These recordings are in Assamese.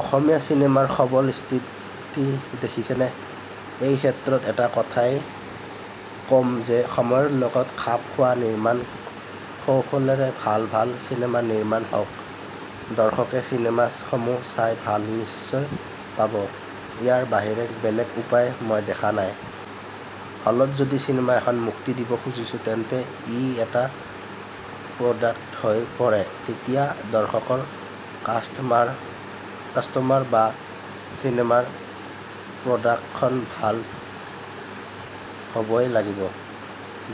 অসমীয়া চিনেমাৰ সবল স্থিতি দেখিছেনে? এই ক্ষেত্ৰত এটা কথায়েই কম যে সময়ৰ লগত খাপ খোৱা নিৰ্মাণ শৈলীৰে ভাল ভাল চিনেমা নিৰ্মাণ হওক। দৰ্শকে চিনেমা সমূহ চাই ভাল নিশ্চয় পাব। ইয়াৰ বাহিৰে বেলেগ উপায় মই দেখা নাই। হলত যদি চিনেমা এখন মুক্তি দিব খুজিছো তেন্তে ই এটা প্ৰডাক্ট হৈ পৰে আৰু তেতিয়া দৰ্শকৰ কাষ্টমাৰ বাবে চিনেমা প্ৰডাক্ট খন ভাল হ'বই লাগিব।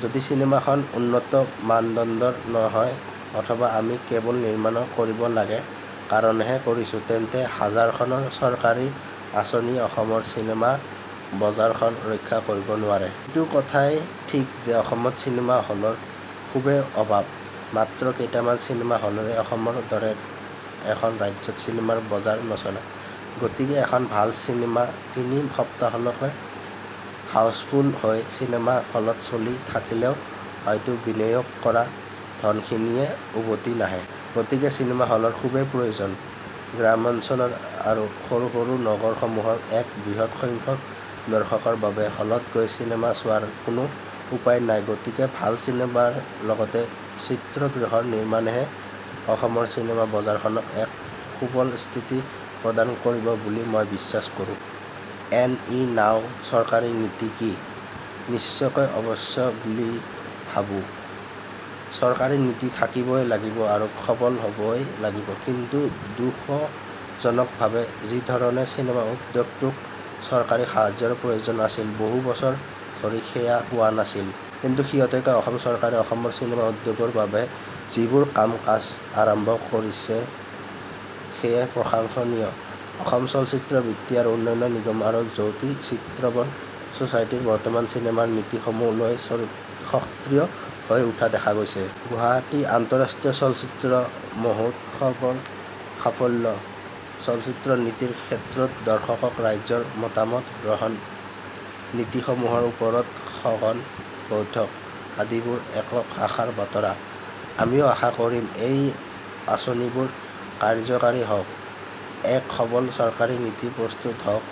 যদি চিনেমা খন উন্নত মানদণ্ডৰ নহয় অথবা আমি কেৱল নিৰ্মাণ কৰিব লাগে কাৰণেহে কৰিছো তেন্তে হাজাৰখন চৰকাৰী আঁচনিয়েও অসমৰ চিনেমা বজাৰ খন ৰক্ষা কৰিব নোৱাৰে। এইটো কথাও ঠিক যে অসমত চিনেমা হলৰ খুবেই অভাৱ। মাত্ৰ কেইটামান চিনেমা হলেৰে অসমৰ দৰে এখন ৰাজ্যত চিনেমাৰ বজাৰ নচলে। গতিকে এখন ভাল চিনেমা তিনি সপ্তাহলৈ হাউচফুল হৈ চিনেমা হলত চলি থাকিলেও হয়তো বিনিয়োগ কৰা ধনখিনিয়েই উভতি নাহে। গতিকে চিনেমা হলৰ খুবেই প্ৰয়োজন। গ্ৰামাঞ্চল আৰু সৰু সৰু নগৰসমূহৰ এক বৃহত সংখ্যক দৰ্শকৰ বাবে হলত গৈ চিনেমা চোৱাৰ কোনো উপায় নাই গতিকে ভাল চিনেমাৰ লগতে চিত্ৰগৃহৰ নিৰ্মানেহে অসমৰ চিনেমা বজাৰখনক এক সবল স্থিতি প্ৰদান কৰিব বুলি মই বিশ্বাস কৰোঁ। এন ই নাও চৰকাৰী নীতি কি? নিশ্চয়কৈ আৱশ্যক বুলি ভাবো। চৰকাৰী নীতি থাকিবই লাগিব আৰু সবল হবই লাগিব। কিন্তু দুখজনকভাৱে যিধৰণে চিনেমা উদ্যোগটোক চৰকাৰী সাহায্যৰ প্ৰয়োজন আছিল বহু বছৰ ধৰি সেয়া পোৱা নাছিল। কিন্তু শেহতীয়াকৈ অসম চৰকাৰে অসমৰ চিনেমা উদ্যোগৰ বাবে যিবোৰ কাম কাজ আৰম্ভ কৰিছে সেয়া প্ৰশংসনীয়। অসম চলচ্চিত্ৰ বিত্ত আৰু উন্নয়ন নিগম আৰু জ্যোতি চিত্ৰবন ছোচাইটি বৰ্তমান চিনেমাৰ নীতি সমূহ লৈ সক্ৰিয় হৈ উঠা দেখা গৈছে। গুৱাহাটী আন্ত:ৰাষ্ট্ৰীয় চলচ্চিত্ৰ মহোৎসৱৰ সাফল্য, চলচ্চিত্ৰ নীতিৰ ক্ষেত্ৰত দৰ্শক ৰাইজৰ মতামত গ্ৰহণ, নীতি সমূহৰ ওপৰত সঘন বৈঠক আদিবোৰ এক আশাৰ বতৰা। আমিও আশা কৰিম এই আঁচনিবোৰ কাৰ্যকৰী হওঁক। এক সবল চৰকাৰী নীতি প্ৰস্তুত হওঁক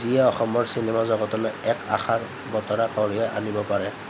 যিয়ে অসমৰ চিনেমা জগতলৈ এক আশাৰ বতৰা কঢ়িয়াই আনিব পাৰে।